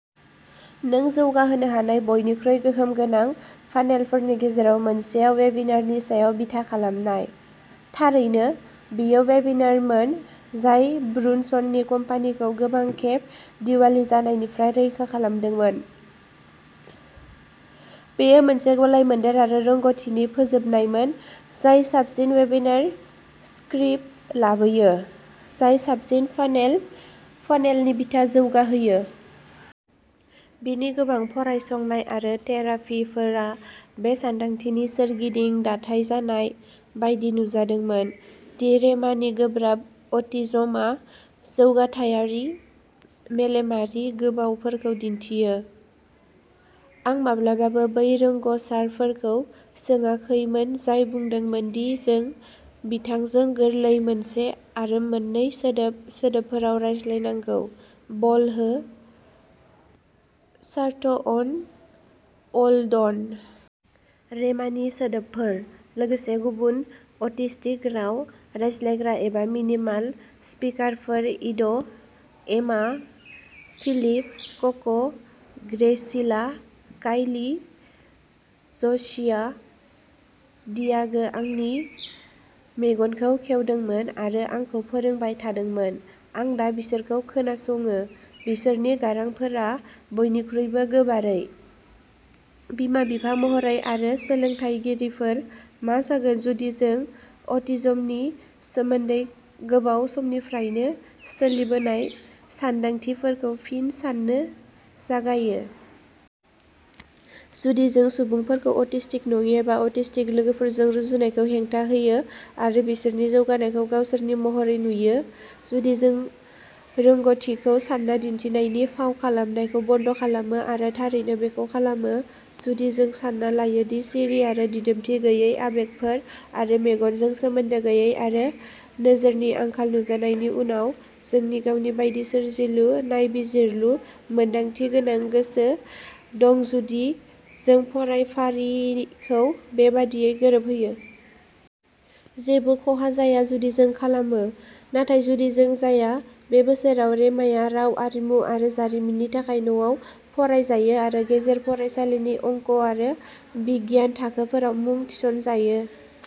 नों जौगाहोनो हानाय बयनिख्रुइ गोहोम गोनां फान्नेलफोरनि गेजेराव मोनसेआव वेबिनारनि सायाव बिथा खालामनाय। थारैनो, बेयो वेबिनारमोन जाय ब्रुनसननि कम्पानिखौ गोबां खेब दिवालि जानायनिफ्राय रैखा खालामदोंमोन। बेयो मोनसे गलायमोनदेर आरो रोंग'थिनि फोजोबनायमोन जाय साबसिन वेबिनार स्क्रिप्ट लाबोयो, जाय साबसिन फान्नेल फानेलनि बिथा जौगाहोयो। बिनि गोबां फरायसंनाय आरो थेरापिफोरा बे सानदांथिनि सोरगिदिं दाथाइजानाय बायदि नुजादोंमोन दि रेमानि गोब्राब अटिज्मआ जौगाथायारि, मेलेमारि गोबावफोरखौ दिन्थियो। आं माब्लाबाबो बै रोंग'सारफोरखौ सोंङाखैमोन जाय बुंदोंमोन दि जों बिथांजों गोरलै मोनसे आरो मोननै सोदोब सोदोबफोराव रायज्लायनांगौः "बल हो", "शार्ट अन", "अल डन"। रेमानि सोदोबफोर, लोगोसे गुबुन अटिस्टिक राव रायज्लायग्रा एबा मिनिमाल-स्पिकारफोर-इड', एमा, फिलिप, कक ', ग्रेसिला, कायली, ज'शिया, डियागो-आंनि मेगनखौ खेवदोंमोन आरो आंखौ फोरोंबाय थादोंमोन। आं दा बिसोरखौ खोनासङो, बिसोरनि गारांफोरा बयनिख्रुइबो गोबारै। बिमा-बिफा महरै आरो सोलोंथायगिरिफोर, मा जागोन जुदि जों अटिज्मनि सोमोन्दै गोबाव समनिफ्रायनो सोलिबोनाय सान्दांथिफोरखौ फिन साननो जागायो? जुदि जों सुबुंफोरखौ अटिस्टिक नङि एबा अटिस्टिक लोगोफोरजों रुजुनायखौ हेंथा होयो आरो बिसोरनि जौगानायखौ गावसोरनि महरै नुयो? जुदि जों रोंग'थिखौ सान्ना दिन्थिनायनि फाव खालामनायखौ बन्द'खालामो आरो थारैनो बेखौ खालामो? जुदि जों सान्ना लायो दि सिरि आरो दिदोमथि गैयै आबेगफोर आरो मेगनजों सोमोन्दो गैयै आरो नोजोरनि आंखाल नुजानायनि उनाव, जोंनि गावनि बायदि सोरजिलु, नायबिजिरलु, मोनदांथिगोनां गोसो दंजुदि जों फरायफारिखौ बे बायदियै गोरोबहोयो? जेबो खहा जाया जुदि जों खालामो। नाथाय जुदि जों जाया? बे बोसोराव रेमाया राव आरिमु आरो जारिमिननि थाखाय न'आव फरायजायो आरो गेजेर फरायसालिनि अंक आरो बिगियान थाखोफोराव मुं थिसनजायो।